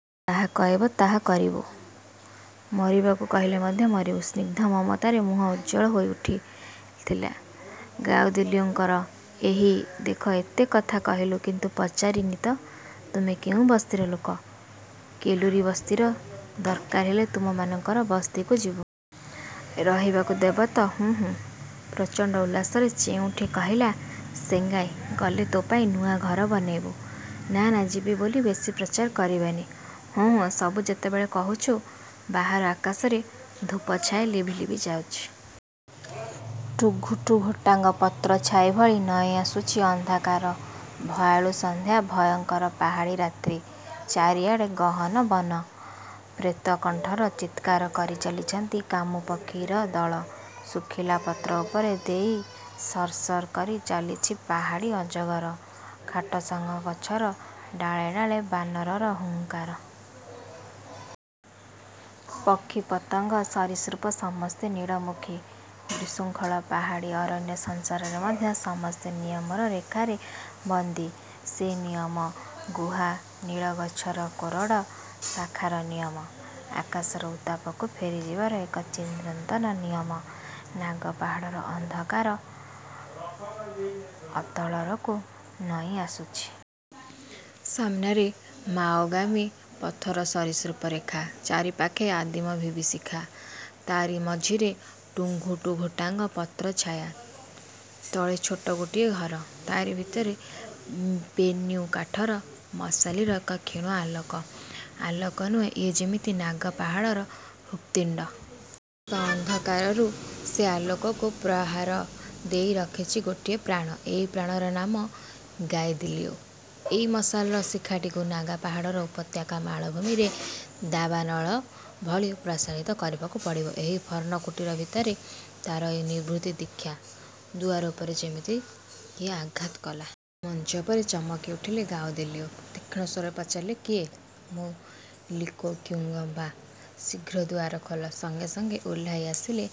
ଇୟେ ସାହା କହିବ ତା କରିବୁ। ମରିବାକୁ କହିଲେ ମଧ୍ୟ ମରିବୁ। ସ୍ନିଗ୍ଧ ମମତାରେ ମୁହଁ ଉଜ୍ଜ୍ୱଳ ହୋଉଠିଥିଲା ଗାଇଦିଲିଓଙ୍କର। ଏଇ ଦେଖ ଏତେ କଥା କହିଲି, କିନ୍ତୁ ପଚାରିନି ତ ତୁମେ କେଉଁ ବସ୍ତିର ଲୋକ। –କେଲୁରୀ ବସ୍ତିର। –ଦରକାର ହେଲେ ତୁମମାନଙ୍କ ବସ୍ତିକୁ ଯିବି। ରହିବାକୁ ଦେବ ତ। –''ହୁଁ ହୁଁ''। ପ୍ରଚଣ୍ଡ ଉଲ୍ଲାସରେ ଚେଇଁଉଠି କହିଲା ସେଙ୍ଗାଇ। ଗଲେ ତୋ ପାଇଁ ନୂଆ ଘର ବନେଇବୁ। –ନା, ନା, ଯିବି ବୋଲି ବେଶି ପ୍ରଚାର କରିବେନି। –ହୁଁ, ହୁଁ, ସବୁ ଯେତେବେଳେ କହୁଚୁ ବାହାର ଆକାଶଶରେ ଧୂପଛାୟା ଲିଭି ଲିଭି ଯାଇଚି। ଟୁଘୁଟୁ ଘୋଟାଙ୍ଗ ପତ୍ର ଛାଇ ଭଳି ନଇଁଆସୁଚି ଅନ୍ଧକାର। ଭୟାଳୁ ସନ୍ଧ୍ୟା ଭୟଙ୍କର ପାହାଡ଼ୀ ରାତ୍ରୀ। ଚାରିଆଡ଼େ ଗହନ ବନ। ପ୍ରେତକଣ୍ଠର ଚିତ୍କାର କରିଚାଲିଛନ୍ତି କାମୁ ପକ୍ଷୀର ଦଳ। ଶୁଖିଲା ପତର ଉପର ଦେଇ ସର୍ ସର୍ କରି ଚାଲିଚି ପାହାଡ଼ୀ ଅଜଗର। ଖାଟସାଙ୍ଗ ଗଛର ଡାଳେ ଡାଳେ ବାନରର ହୁଙ୍କାର। ପକ୍ଷୀ, ପତଙ୍ଗ, ସରୀସୃପ ସମସ୍ତେ ନୀଡ଼ମୁଖୀ। ବିଶୃଙ୍ଖଳ ପାହାଡ଼ୀ ଅରଣ୍ୟସଂସାରେ ମଧ୍ୟ ସମସ୍ତେ ନିୟମର ରେଖାରେ ବନ୍ଦୀ। ସେ ନିୟମ ଗୁହା ଆଉ ନୀଡ଼, ଗଛର କୋରଡ, ଶାଖାର ନିୟମ। ଆକାଶର ଉତ୍ତାପକୁ ଫେରିଯିବାର ଏକ ଚିରନ୍ତନ ନିୟମ। ନାଗା ପାହାଡ଼ର ଅନ୍ଧକାର ଅତଳକୁ ନଇଁଆସୁଚି। ସାମନାରେ ମାଓଗାମୀ ପଥର ସରୀସୃପ ରେଖା। ଚାରିପାଖେ ଆଦିମ ବିଭୀଷିକା। ତା'ରି ମଝିରେ ଟୁଘୁଟୁ ଘୋଟାଙ୍ଗ ପତ୍ର ଛାୟା-। ତଳେ ଛୋଟ ଗୋଟିଏ ଘର। ତା'ରି ଭିତରେ ପେନ୍ୟୁ କାଠର ମଶାଲିର ଏକ କ୍ଷୀଶ ଆଲୋକ-। ଆଲୋକ ନୁହେଁ, ଇଏ ଯେମିତି ନାଗା ପାହାଡ଼ର ହୃତ୍ପିଣ୍ଡ। ସମସ୍ତ ଅନ୍ଧକାରରୁ ସେ ଆଲୋକକୁ ପ୍ରହରା ଦେଇ ରଖିଚି ଗୋଟିଏ ପ୍ରାଣ। ଏଇ ପ୍ରାଣର ନାମ ଗାଇଦିଲିଓ। ଏଇ ମଶାଲର ଶିଖାଟିକୁ ନାଗା ପାହାଡ଼ର ଉପତ୍ୟକା ମାଳଭୂମିରେ ଦାବାନଳ ଭଳି ପ୍ରସାରିତ କରିବାକୁ ପଡ଼ିବ-। ଏହି ପର୍ଣ୍ଣକୁଟୀର ଭିତରେ ତା'ର ଏଇ ନିଭୃତି ଦୀକ୍ଷା। ଦୁଆର ଉପରେ ଯେମିତି କିଏ ଆଘାତ କଲା। ମଞ୍ଚାଉପରେ ଚମକି ଉଠିଲେ ଗାଇଦିଲିଓ। ତୀକ୍ଷଣ ସ୍ୱରରେ ପଚାରିଲେ, କିଏ? ମୁଁ ଲୁକୋକ୍ୟୁଙ୍ଗବା। ଶୀଘ୍ର ଦୁଆର ଖୋଲା। ସଙ୍ଗେ ସଙ୍ଗେ ଓହ୍ଲାଇ ଆସିଲେ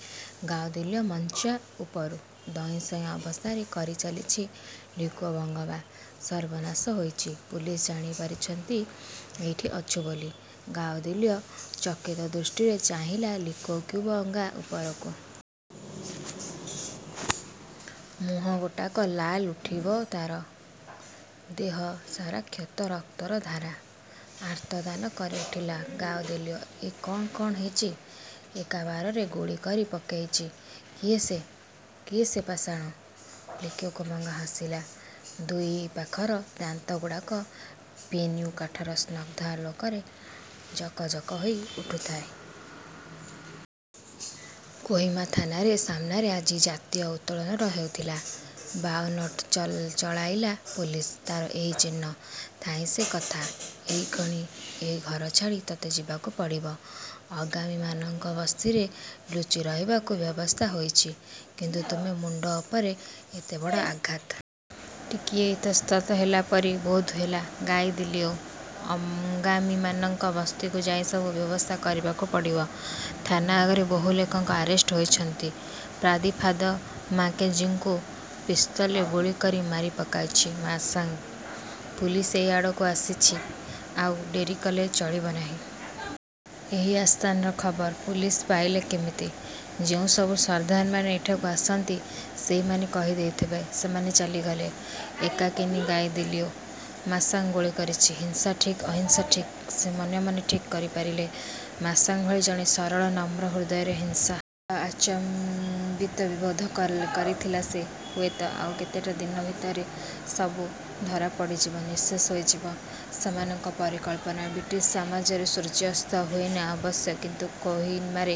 ଗାଇଦିଲିଓ ମଞ୍ଚା ଉପରୁ। ଧଇଁ ସଇଁ ଅବସ୍ଥାରେ କରିଚାଲିଚି ଲୁକ୍ୟୋବଙ୍ଗବା। ସର୍ବନାଶ ହୋଇଚି। ପୁଲିସ୍ ଜାଣିପାରିଚନ୍ତି ଏଇଠି ଅଛୁ ବୋଲି। ଗାଇଦିଲିଓ ଚକିତ ଦୃଷ୍ଟିରେ ଚାହିଁଲା ଲୁକୋକ୍ୟୁଙ୍ଗବା ଉପରକୁ। ମୁହଁ ଗୋଟାକ ଲାଲ ହୋଇଉଠିବ ତାର। ଦେହ। ସାରା କ୍ଷତ ରକ୍ତର ଧାର। ଆର୍ତ୍ତନାଦ କରିଉଠିଲା ଗାଇଦିଲିଓ। ଏ କ'ଣ, କ'ଣ ହେଇଚି? ଏକାବାରେ ଗୁଳିକରି ପକେଇଚି। କିଏ ସେ ପାଷାଣ? ଲୁକୋକ୍ୟୁଙ୍ଗବା ହସିଲା। ଦୁଇ ପାଖର ଦାନ୍ତଗୁଡ଼ାକ ପେନ୍ୟୁ କାଠର ସ୍ନଗ୍ଧ ଆଲୋକରେ ଜକ ଜକ ହୋଇ ଉଠୁଥାଏ। କୋହିମା ଥାନାର ସାମନାରେ ଆଜି ଜାତୀୟ ଉତ୍ତୋଳନ ହେଉଥିଲା। ବାଓନଟ ଚଳାଇଲା ପୋଲିସ। ତାର ଏହି ଚିହ୍ନ। ଥାଉ ସେ କଥା। ଏଇକ୍ଷଣି ଏ ଘର ଛାଡ଼ି ତତେ ଯିବାକୁ ପଡ଼ିବ। ଅଙ୍ଗାମିମାନଙ୍କ ବସ୍ତିରେ ଲୁଚିରହିବାକୁ ବ୍ୟବସ୍ଥା ହୋଇଚି। –କିନ୍ତୁ ତୁମେ ମୁଣ୍ଡ ଉପରେ ଏତେବଡ଼ ଆଘାତ! ଟିକିଏ ଇତସ୍ତତଃ ହେଲା ପରି ବୋଧହେଲା ଗାଇଦିଲିଓ। –ଅଙ୍ଗାମିମାନଙ୍କ ବସ୍ତିକୁ ଯାଇ ସବୁ ବ୍ୟବସ୍ଥା କରିବାକୁ ପଡ଼ିବ। ଥାନା ଆଗରେ ବହୁ ଲୋକ ଆରେଷ୍ଟ ହୋଇଛନ୍ତି। ପାଦ୍ରୀ ଫାଦର ମାକେଞ୍ଜିଙ୍କୁ ପିସ୍ତଲରେ ଗୁଳି କରି ମାରି ପକେଇଚି ମାଶାଙ୍ଗ। ପୁଲିସ ଏଇ ଆଡ଼କୁ ଆସୁଚି। ଆଉ ଡ଼େରି କଲେ ଚଳିବ ନାହିଁ। –ଏଇ ଆସ୍ଥାନର ଖବର ପୁଲିସ ପାଇଲେ କିମିତି? –ଯେଉଁସବୁ ସର୍ଦ୍ଦାରମାନେ ଏଠାକୁ ଆସନ୍ତି, ସେହିମାନେ କହି ଦେଇଥିବେ। ସମସ୍ତେ ଚାଲିଗଲେ। ଏକାକିନୀ ଗାଇଦିଲିଓ। ମାଶାଙ୍ଗ ଗୁଳି କରିଚି! ହିଂସା ଠିକ୍ ଅହିଂସା ଠିକ୍ ସେ ମନେ ମନେ ଠିକ୍ କରିପାରେନା। ମାଶାଙ୍ଗ ଭଳି ଜଣେ ସରଳ ନମ୍ର ହୃଦୟରେ ହିଂସା! ବଡ଼ ଆଚମ୍ୱିତ ବୋଧ କରୁଥିଲା ସେ। ହୁଏତ ଆଉ କେତେଟା ଦିନ ଭିତରେ ସବୁ ଧାରା ପଡ଼ିଯିବ, ନିଃଶେଷ ହୋଇଯିବ। ସେମାନଙ୍କ ପରିକଳ୍ପନା। ବ୍ରିଟିଶ-ସାମ୍ରାଜ୍ୟରେ ସୂର୍ଯ୍ୟ ଅସ୍ତ ହୁଏନା ଅବଶ୍ୟ; କିନ୍ତୁ କୋହିମାରେ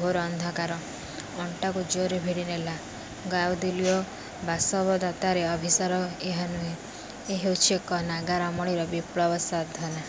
ଘୋର ଅନ୍ଧକାର-। ଅଣ୍ଟାକୁ ଜୋରରେ ଭିଡ଼ି ନେଲେ ଗାଇଦିଲିଓ! ବାସବଦତ୍ତାର ଅଭିସାର ଏ ନୁହେଁ। ଏ ହେଉଚି ଏକ ନାଗା ରମଣୀର ବିପ୍ଳବ ସାଧନା।